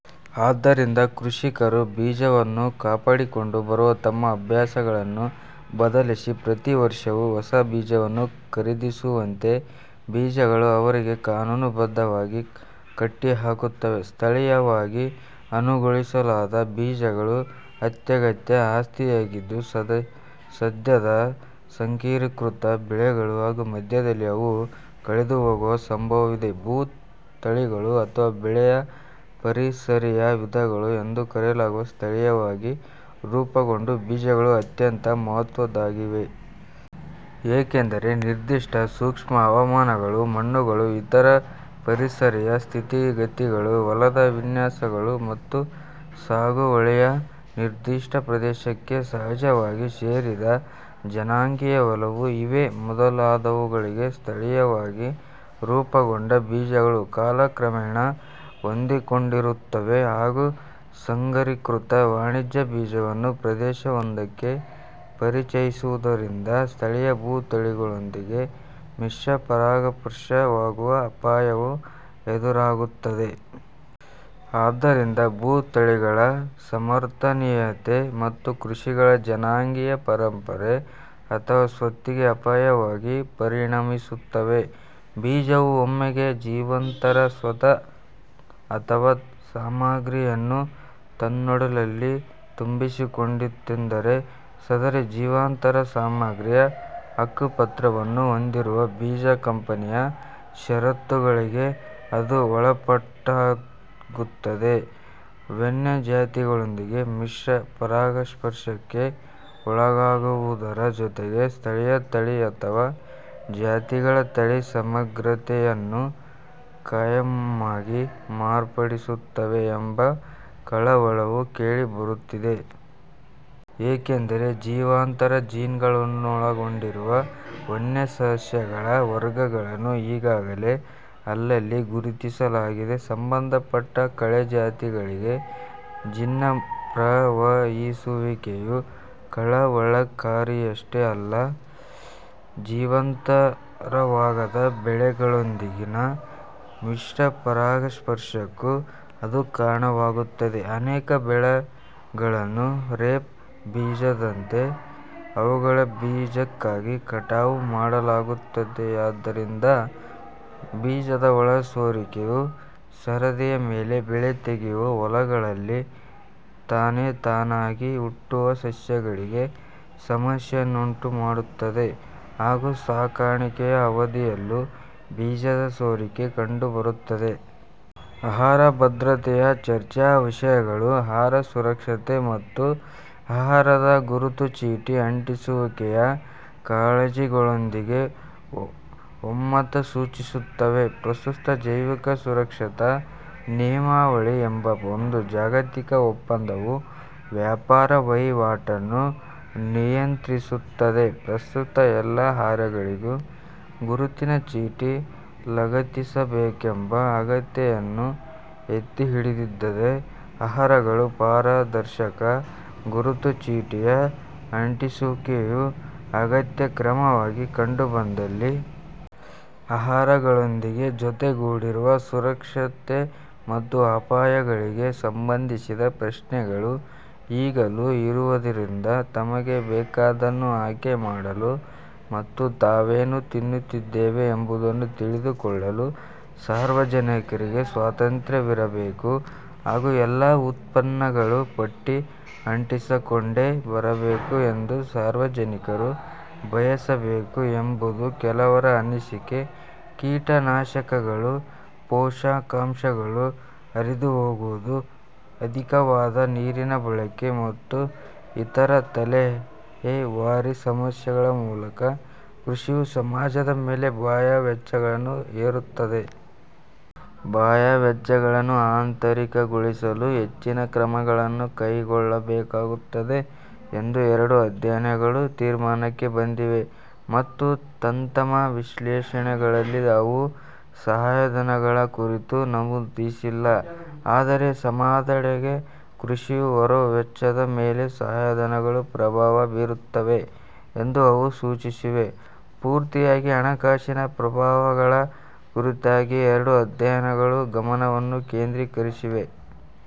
ಆದ್ದರಿಂದ, ಕೃಷಿಕರು ಬೀಜವನ್ನು ಕಾಪಾಡಿಕೊಂಡು ಬರುವ ತಮ್ಮ ಅಭ್ಯಾಸಗಳನ್ನು ಬದಲಿಸಿ, ಪ್ರತಿ ವರ್ಷವೂ ಹೊಸ ಬೀಜವನ್ನು ಖರೀದಿಸುವಂತೆ ಬೀಜಗಳು ಅವರಿಗೆ ಕಾನೂನುಬದ್ಧವಾಗಿ ಕಟ್ಟಿಹಾಕುತ್ತವೆ. ಸ್ಥಳಿಯವಾಗಿ ಅನುಗೊಳಿಸಲಾದ ಬೀಜಗಳು ಅತ್ಯಗತ್ಯ ಆಸ್ತಿಯಾಗಿದ್ದು, ಸದ್ಯದ ಸಂಕರೀಕೃತ ಬೆಳೆಗಳು ಹಾಗೂ ಮಧ್ಯದಲ್ಲಿ ಅವು ಕಳೆದುಹೋಗುವ ಸಂಭವವಿದೆ. ಭೂ ತಳಿಗಳು ಅಥವಾ ಬೆಳೆಯ ಪರಿಸರೀಯ-ವಿಧಗಳು ಎಂದೂ ಕರೆಯಲಾಗುವ ಸ್ಥಳೀಯವಾಗಿ ರೂಪುಗೊಂಡ ಬೀಜಗಳು ಅತ್ಯಂತ ಮಹತ್ತ್ವದ್ದಾಗಿವೆ. ಏಕೆಂದರೆ, ನಿರ್ದಿಷ್ಟ ಸೂಕ್ಷ್ಮ ಹವಾಮಾನಗಳು, ಮಣ್ಣುಗಳು, ಇತರ ಪರಿಸರೀಯ ಸ್ಥಿತಿಗತಿಗಳು, ಹೊಲದ ವಿನ್ಯಾಸಗಳು, ಮತ್ತು ಸಾಗುವಳಿಯ ನಿರ್ದಿಷ್ಟ ಪ್ರದೇಶಕ್ಕೆ ಸಹಜವಾಗಿ ಸೇರಿದ ಜನಾಂಗೀಯ ಒಲವು ಇವೇ ಮೊದಲಾದವುಗಳಿಗೆ ಸ್ಥಳೀಯವಾಗಿ ರೂಪುಗೊಂಡ ಬೀಜಗಳು ಕಾಲಕ್ರಮೇಣ ಹೊಂದಿಕೊಂಡಿರುತ್ತವೆ. ಹಾಗೂ ಸಂಕರೀಕೃತ ವಾಣಿಜ್ಯ ಬೀಜವನ್ನು ಪ್ರದೇಶವೊಂದಕ್ಕೆ ಪರಿಚಯಿಸುವುದರಿಂದ, ಸ್ಥಳೀಯ ಭೂ ತಳಿಗಳೊಂದಿಗೆ ಮಿಶ್ರ-ಪರಾಗಸ್ಪರ್ಶವಾಗುವ ಅಪಾಯವು ಎದುರಾಗುತ್ತದೆ. ಆದ್ದರಿಂದ, ಭೂ ತಳಿಗಳ ಸಮರ್ಥನೀಯತೆ ಮತ್ತು ಕೃಷಿಗಳ ಜನಾಂಗೀಯ ಪರಂಪರೆ ಅಥವಾ ಸ್ವತ್ತಿಗೆ ಅಪಾಯವಾಗಿ ಪರಿಣಮಿಸುತ್ತವೆ. ಬೀಜವು ಒಮ್ಮೆಗೆ ಜೀವಾಂತರ ಸತ್ವ ಅಥವಾ ಸಾಮಗ್ರಿಯನ್ನು ತನ್ನೊಡಲಲ್ಲಿ ತುಂಬಿಸಿಕೊಂಡಿತೆಂದರೆ, ಸದರಿ ಜೀವಾಂತರ ಸಾಮಗ್ರಿಯ ಹಕ್ಕುಪತ್ರವನ್ನು ಹೊಂದಿರುವ ಬೀಜ ಕಂಪನಿಯ ಷರತ್ತುಗಳಿಗೆ ಅದು ಒಳಪಟ್ಟಂತಾಗುತ್ತದೆ. ವನ್ಯ ಜಾತಿಗಳೊಂದಿಗೆ ಮಿಶ್ರ-ಪರಾಗಸ್ಪರ್ಶಕ್ಕೆ ಒಳಗಾಗುವುದರ ಜೊತೆಗೆ, ಸ್ಥಳೀಯ ತಳಿ ಅಥವಾ ಜಾತಿಗಳ ತಳಿ ಸಮಗ್ರತೆಯನ್ನು ಖಾಯಮ್ಮಾಗಿ ಮಾರ್ಪಡಿಸುತ್ತವೆ ಎಂಬ ಕಳವಳವೂ ಕೇಳಿಬರುತ್ತಿದೆ. ಏಕೆಂದರೆ, ಜೀವಾಂತರ ಜೀನ್ಗಳನ್ನೊಳಗೊಂಡಿರುವ ವನ್ಯ ಸಸ್ಯಗಳ ವರ್ಗಗಳನ್ನು ಈಗಾಗಲೇ ಅಲ್ಲಲ್ಲಿ ಗುರುತಿಸಲಾಗಿದೆ. ಸಂಬಂಧಪಟ್ಟ ಕಳೆ ಜಾತಿಗಳಿಗೆ ಜೀನ್ನ ಪ್ರವಹಿಸುವಿಕೆಯು ಕಳವಳಕಾರಿಯಷ್ಟೇ ಅಲ್ಲ, ಜೀವಾಂತರವಾಗದ ಬೆಳೆಗಳೊಂದಿಗಿನ ಮಿಶ್ರ-ಪರಾಗಸ್ಪರ್ಶಕ್ಕೂ ಅದು ಕಾರಣವಾಗುತ್ತದೆ. ಅನೇಕ ಬೆಳೆಗಳನ್ನು ರೇಪ್ ಬೀಜದಂತೆ ಅವುಗಳ ಬೀಜಕ್ಕಾಗಿ ಕಟಾವು ಮಾಡಲಾಗುತ್ತದೆಯಾದ್ದರಿಂದ, ಬೀಜದ ಒಳ-ಸೋರಿಕೆಯು ಸರದಿಯ ಮೇಲೆ ಬೆಳೆ ತೆಗೆಯುವ ಹೊಲಗಳಲ್ಲಿ ತಾನೇತಾನಾಗಿ ಹುಟ್ಟುವ ಸಸ್ಯಗಳಿಗೆ ಸಮಸ್ಯೆಯನ್ನುಂಟುಮಾಡುತ್ತದೆ, ಹಾಗೂ ಸಾಗಾಣಿಕೆಯ ಅವಧಿಯಲ್ಲೂ ಬೀಜದ-ಸೋರಿಕೆ ಕಂಡುಬರುತ್ತದೆ. ಆಹಾರ ಭದ್ರತೆಯ ಚರ್ಚಾವಿಷಯಗಳು ಆಹಾರ ಸುರಕ್ಷತೆ ಮತ್ತು ಆಹಾರದ ಗುರುತುಚೀಟಿ ಅಂಟಿಸುವಿಕೆಯ ಕಾಳಜಿಗಳೊಂದಿಗೂ ಒಮ್ಮತ ಸೂಚಿಸುತ್ತವೆ. ಪ್ರಸ್ತುತ ಜೈವಿಕ ಸುರಕ್ಷತಾ ನಿಯಮಾವಳಿ ಎಂಬ ಒಂದು ಜಾಗತಿಕ ಒಪ್ಪಂದವು ವ್ಯಾಪಾರ-ವಹಿವಾಟನ್ನು ನಿಯಂತ್ರಿಸುತ್ತದೆ. ಪ್ರಸ್ತುತ ಎಲ್ಲಾ ಆಹಾರಗಳಿಗೂ ಗುರುತಿನ ಚೀಟಿ ಲಗತ್ತಿಸಬೇಕೆಂಬ ಅಗತ್ಯತೆಯನ್ನು ಎತ್ತಿಹಿಡಿದಿದ್ದರೆ, ಆಹಾರಗಳ ಪಾರದರ್ಶಕ ಗುರುತು ಚೀಟಿಯ ಅಂಟಿಸುವಿಕೆಯು ಅಗತ್ಯ ಕ್ರಮವಾಗಿ ಕಂಡುಬಂದಿಲ್ಲ. ಆಹಾರಗಳೊಂದಿಗೆ ಜೊತೆಗೂಡಿರುವ ಸುರಕ್ಷತೆ ಮತ್ತು ಅಪಾಯಗಳಿಗೆ ಸಂಬಂಧಿಸಿದ ಪ್ರಶ್ನೆಗಳು ಈಗಲೂ ಇರುವುದರಿಂದ, ತಮಗೆ ಬೇಕಾದ್ದನ್ನು ಆಯ್ಕೆ ಮಾಡಲು ಮತ್ತು ತಾವೇನು ತಿನ್ನುತ್ತಿದ್ದೇವೆ ಎಂಬುದನ್ನು ತಿಳಿದುಕೊಳ್ಳಲು ಸಾರ್ವಜನಿಕರಿಗೆ ಸ್ವಾತಂತ್ರ್ಯವಿರಬೇಕು ಹಾಗೂ ಎಲ್ಲಾ ಉತ್ಪನ್ನಗಳೂ ಪಟ್ಟಿ ಅಂಟಿಸಿಕೊಂಡೇ ಬರಬೇಕು ಎಂದು ಸಾರ್ವಜನಿಕರು ಬಯಸಬೇಕು ಎಂಬುದು ಕೆಲವರ ಅನಿಸಿಕೆ. ಕೀಟನಾಶಕಗಳು, ಪೋಷಕಾಂಶಗಳು ಹರಿದುಹೋಗುವುದು, ಅಧಿಕವಾದ ನೀರಿನ ಬಳಕೆ, ಮತ್ತು ಇತರ ತರಹೇವಾರಿ ಸಮಸ್ಯೆಗಳ ಮೂಲಕ ಕೃಷಿಯು ಸಮಾಜದ ಮೇಲೆ ಬಾಹ್ಯ ವೆಚ್ಚಗಳನ್ನು ಹೇರುತ್ತದೆ. ಬಾಹ್ಯ ವೆಚ್ಚಗಳನ್ನು ಆಂತರಿಕಗೊಳಿಸಲು ಹೆಚ್ಚಿನ ಕ್ರಮಗಳನ್ನು ಕೈಗೊಳ್ಳಬೇಕಾಗುತ್ತದೆ ಎಂದು ಎರಡೂ ಅಧ್ಯಯನಗಳು ತೀರ್ಮಾನಕ್ಕೆ ಬಂದಿವೆ, ಮತ್ತು ತಂತಮ್ಮ ವಿಶ್ಲೇಷಣೆಗಳಲ್ಲಿ ಅವು ಸಹಾಯಧನಗಳ ಕುರಿತು ನಮೂದಿಸಿಲ್ಲ. ಆದರೆ ಸಮಾಜದೆಡೆಗೆ ಕೃಷಿಯು ಹೇರುವ ವೆಚ್ಚದ ಮೇಲೆ ಸಹಾಯಧನಗಳೂ ಪ್ರಭಾವ ಬೀರುತ್ತವೆ ಎಂದು ಅವು ಸೂಚಿಸಿವೆ. ಪೂರ್ತಿಯಾಗಿ ಹಣಕಾಸಿನ ಪ್ರಭಾವಗಳ ಕುರಿತಾಗಿಯೇ ಎರಡೂ ಅಧ್ಯಯನಗಳು ಗಮನವನ್ನು ಕೇಂದ್ರೀಕರಿಸಿವೆ.